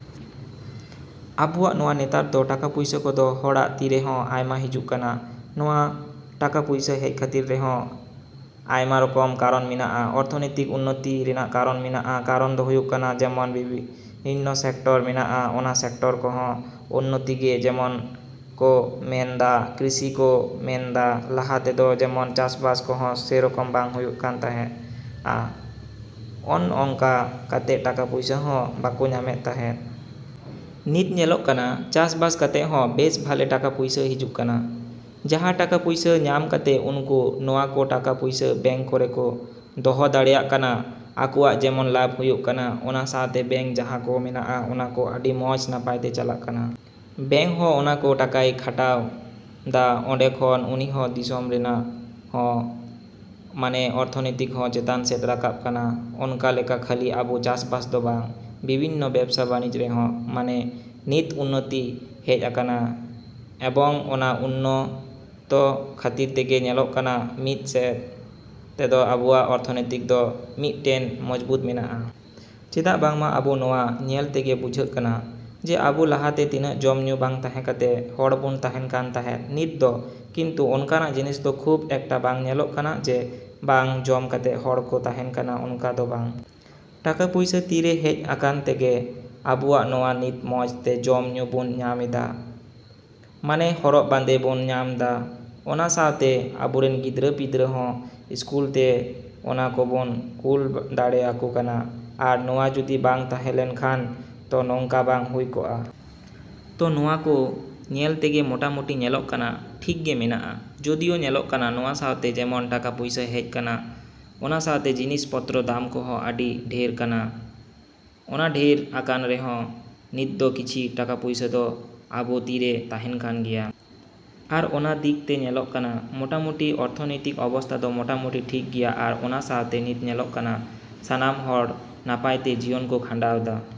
‎ᱟᱵᱚᱣᱟᱜ ᱱᱚᱣᱟ ᱱᱮᱛᱟᱨ ᱫᱚ ᱴᱟᱠᱟ ᱯᱚᱭᱥᱟ ᱠᱚᱫᱚ ᱦᱚᱲᱟᱜ ᱛᱤᱨᱮ ᱦᱚᱸ ᱟᱭᱢᱟ ᱦᱤᱡᱩᱜ ᱠᱟᱱᱟ᱾ ᱱᱚᱣᱟ ᱴᱟᱠᱟ ᱯᱚᱭᱥᱟ ᱦᱮᱡ ᱠᱷᱟᱹᱛᱤᱨ ᱨᱮᱦᱚᱸ ᱟᱭᱢᱟ ᱨᱚᱠᱚᱢ ᱠᱟᱨᱚᱱ ᱢᱮᱱᱟᱜᱼᱟ, ᱚᱨᱛᱷᱚᱱᱚᱭᱛᱤᱠ ᱩᱱᱱᱚᱛᱤ ᱨᱮᱱᱟᱜ ᱠᱟᱨᱚᱱ ᱢᱮᱱᱟᱜᱼᱟ᱾ ᱠᱟᱨᱚᱱ ᱫᱚ ᱦᱩᱭᱩᱜ ᱠᱟᱱᱟ ᱡᱮᱢᱚᱱ ᱵᱤᱵᱷᱤᱱᱱᱚ ᱥᱮᱠᱴᱟᱨ ᱢᱮᱱᱟᱜᱼᱟ, ᱚᱱᱟ ᱥᱮᱠᱴᱟᱨ ᱠᱚᱦᱚᱸ ᱩᱱᱱᱚᱛᱤᱜᱮ ᱡᱮᱢᱚᱱ ᱠᱚ ᱢᱮᱱ ᱫᱟ ᱠᱨᱤᱥᱤ ᱠᱚ ᱢᱮᱱ ᱫᱟ ᱞᱟᱦᱟ ᱛᱮᱫᱚ ᱡᱮᱢᱚᱱ ᱪᱟᱥᱵᱟᱥ ᱠᱚᱦᱚᱸ ᱥᱮᱨᱚᱠᱚᱢ ᱵᱟᱝ ᱦᱩᱭᱩᱜ ᱠᱟᱱ ᱛᱟᱦᱮᱸᱜᱼᱟ, ᱚᱱᱼᱚᱝᱠᱟ ᱠᱟᱛᱮᱜ ᱴᱟᱠᱟ ᱯᱚᱭᱥᱟ ᱦᱚᱸ ᱵᱟᱠᱚ ᱧᱟᱢᱮᱫ ᱛᱟᱦᱮᱸᱫ᱾ ᱱᱤᱛ ᱧᱮᱞᱚᱜ ᱠᱟᱱᱟ ᱪᱟᱥ ᱵᱟᱥ ᱠᱟᱛᱮᱜ ᱦᱚᱸ ᱵᱮᱹᱥ ᱵᱷᱟᱞᱮ ᱴᱟᱠᱟ ᱯᱚᱭᱥᱟ ᱦᱤᱡᱩᱜ ᱠᱟᱱᱟ, ᱡᱟᱦᱟᱸ ᱴᱟᱠᱟ ᱯᱚᱭᱥᱟ ᱧᱟᱢ ᱠᱟᱛᱮᱜ ᱩᱱᱠᱩ ᱱᱚᱣᱟ ᱠᱚ ᱴᱟᱠᱟ ᱯᱚᱭᱥᱟ ᱵᱮᱝᱠ ᱠᱚᱨᱮ ᱠᱚ ᱫᱚᱦᱚ ᱫᱟᱲᱮᱭᱟᱜ ᱠᱟᱱᱟ᱾ ᱟᱠᱚᱣᱟᱜ ᱡᱮᱢᱚᱱ ᱞᱟᱵᱷ ᱦᱩᱭᱩᱜ ᱠᱟᱱᱟ ᱚᱱᱟ ᱥᱟᱶᱛᱮ ᱵᱮᱝᱠ ᱡᱟᱸᱦᱟ ᱠᱚ ᱢᱮᱱᱟᱜᱼᱟ ᱚᱱᱟ ᱠᱚ ᱟᱰᱤ ᱢᱚᱸᱡᱽ ᱱᱟᱯᱟᱭ ᱛᱮ ᱪᱟᱞᱟᱜ ᱠᱟᱱᱟ᱾ ᱵᱮᱝᱠ ᱦᱚᱸ ᱚᱱᱟ ᱠᱚ ᱴᱟᱠᱟᱭ ᱠᱷᱟᱴᱟᱣ ᱫᱟ, ᱚᱸᱰᱮ ᱠᱷᱚᱱ ᱩᱱᱤᱦᱚᱸ ᱫᱤᱥᱚᱢ ᱨᱮᱱᱟᱜ ᱦᱚᱸ ᱢᱟᱱᱮ ᱚᱨᱛᱷᱚᱱᱚᱭᱛᱤᱠ ᱦᱚᱸ ᱪᱮᱛᱟᱱ ᱥᱮᱫ ᱨᱟᱠᱟᱵ ᱠᱟᱱᱟ᱾ ᱚᱱᱠᱟ ᱞᱮᱠᱟ ᱠᱷᱟᱹᱞᱤ ᱟᱵᱚ ᱪᱟᱥᱵᱟᱥ ᱫᱚ ᱵᱟᱝ, ᱵᱤᱵᱷᱤᱱᱱᱚ ᱵᱮᱵᱽᱥᱟ ᱵᱟᱱᱤᱡᱽ ᱨᱮᱦᱚᱸ ᱢᱟᱱᱮ ᱱᱤᱛ ᱩᱱᱱᱚᱛᱤ ᱦᱮᱡ ᱟᱠᱟᱱᱟ ᱮᱵᱚᱝ ᱚᱱᱟ ᱩᱱᱱᱚᱛᱚ ᱠᱷᱟᱹᱛᱤᱨ ᱛᱮᱜᱮ ᱧᱮᱞᱚᱜ ᱠᱟᱱᱟ ᱢᱤᱜ ᱥᱮᱫ ᱛᱮᱫᱚ ᱟᱵᱚᱣᱟᱜ ᱚᱨᱛᱷᱚᱱᱤᱛᱤ ᱫᱚ ᱢᱤᱜᱴᱮᱱ ᱢᱚᱡᱽᱵᱩᱛ ᱢᱮᱱᱟᱜᱼᱟ᱾ ᱪᱮᱫᱟᱜ ᱵᱟᱝᱢᱟ ᱟᱵᱚ ᱱᱚᱣᱟ ᱧᱮᱞ ᱛᱮᱜᱮ ᱵᱩᱡᱷᱟᱹᱜ ᱠᱟᱱᱟ ᱡᱮ ᱟᱵᱚ ᱞᱟᱦᱟ ᱛᱮ ᱛᱤᱱᱟᱹᱜ ᱡᱚᱢ ᱧᱩ ᱵᱟᱝ ᱛᱟᱦᱮᱸ ᱠᱟᱛᱮᱜ ᱦᱚᱲ ᱵᱚ ᱛᱟᱦᱮᱸᱱ ᱠᱟᱱ ᱛᱟᱦᱮᱸᱫ, ᱱᱤᱛ ᱫᱚ ᱠᱤᱱᱛᱩ ᱚᱱᱠᱟᱱᱟᱜ ᱡᱤᱱᱤᱥ ᱫᱚ ᱠᱷᱩᱵᱽ ᱮᱠᱴᱟ ᱵᱟᱝ ᱧᱮᱞᱚᱜ ᱠᱟᱱᱟ ᱡᱮ ᱵᱟᱝ ᱡᱚᱢ ᱠᱟᱛᱮᱜ ᱦᱚᱲ ᱠᱚ ᱛᱟᱦᱮᱸᱱ ᱠᱟᱱᱟ ᱚᱱᱠᱟ ᱫᱚ ᱵᱟᱝ᱾ ᱴᱟᱠᱟ ᱯᱚᱭᱥᱟ ᱛᱤᱨᱮ ᱦᱮᱡ ᱟᱠᱟᱱ ᱛᱮᱜᱮ ᱟᱵᱚᱣᱟᱜ ᱱᱚᱣᱟ ᱱᱤᱛ ᱢᱚᱸᱡᱽ ᱛᱮ ᱡᱚᱢ ᱧᱩ ᱵᱚ ᱧᱟᱢ ᱫᱟ᱾ ᱢᱟᱱᱮ ᱦᱚᱨᱚᱜ ᱵᱟᱸᱫᱮ ᱵᱚ ᱧᱟᱢ ᱫᱟ, ᱚᱱᱟ ᱥᱟᱶᱛᱮ ᱟᱵᱚ ᱨᱮᱱ ᱜᱤᱫᱽᱨᱟᱹ ᱯᱤᱫᱽᱨᱟᱹ ᱦᱚᱸ ᱥᱠᱩᱞ ᱛᱮ ᱚᱱᱟ ᱠᱚᱵᱚ ᱠᱩᱞ ᱫᱟᱲᱮ ᱟᱠᱚ ᱠᱟᱱᱟ, ᱟᱨ ᱱᱚᱣᱟ ᱡᱩᱫᱤ ᱵᱟᱝ ᱛᱟᱦᱮᱸ ᱞᱮᱱ ᱠᱷᱟᱱ ᱛᱚ ᱱᱚᱝᱠᱟ ᱵᱟᱝ ᱦᱩᱭ ᱠᱚᱜᱼᱟ᱾ ᱛᱚ ᱱᱚᱣᱟ ᱠᱚ ᱧᱮᱞ ᱛᱮᱜᱮ ᱢᱚᱴᱟ ᱢᱩᱴᱤ ᱧᱮᱞᱚᱜ ᱠᱟᱱᱟ ᱴᱷᱤᱠ ᱜᱮ ᱢᱮᱱᱟᱜᱼᱟ᱾ ᱡᱳᱫᱤᱭᱳ ᱧᱮᱞᱚᱜ ᱠᱟᱱᱟ ᱱᱚᱣᱟ ᱥᱟᱶᱛᱮ ᱡᱮᱢᱚᱱ ᱴᱟᱠᱟ ᱯᱚᱭᱥᱟ ᱦᱮᱡ ᱠᱟᱱᱟ ᱚᱱᱟ ᱥᱟᱶᱛᱮ ᱡᱤᱱᱤᱥ ᱯᱚᱛᱨᱚ ᱫᱟᱢ ᱠᱚᱦᱚᱸ ᱟᱰᱤ ᱰᱷᱮᱨ ᱠᱟᱱᱟ᱾ ᱚᱱᱟ ᱰᱷᱮᱹᱨ ᱟᱠᱟᱱ ᱨᱮᱦᱚᱸ ᱱᱤᱛ ᱫᱚ ᱠᱤᱪᱷᱩ ᱴᱟᱠᱟ ᱯᱚᱭᱥᱟ ᱫᱚ ᱟᱵᱚ ᱛᱤᱨᱮ ᱛᱟᱦᱮᱸᱱ ᱠᱟᱱ ᱜᱮᱭᱟ᱾ ᱟᱨ ᱚᱱᱟ ᱫᱤᱠ ᱛᱮ ᱧᱮᱞᱚᱜ ᱠᱟᱱᱟ ᱢᱚᱴᱟ ᱢᱩᱴᱤ ᱚᱨᱛᱷᱚᱱᱚᱭᱛᱤᱠ ᱚᱵᱚᱥᱛᱷᱟ ᱫᱚ ᱢᱚᱴᱟᱢᱩᱴᱤ ᱴᱷᱤᱠ ᱜᱮᱭᱟ ᱟᱨ ᱚᱱᱟ ᱥᱟᱶᱛᱮ ᱱᱤᱛ ᱧᱮᱞᱚᱜ ᱠᱟᱱᱟ ᱥᱟᱱᱟᱢ ᱦᱚᱲ ᱱᱟᱯᱟᱭ ᱛᱮ ᱡᱤᱭᱚᱱ ᱠᱚ ᱠᱷᱟᱰᱟᱣᱫᱟ᱾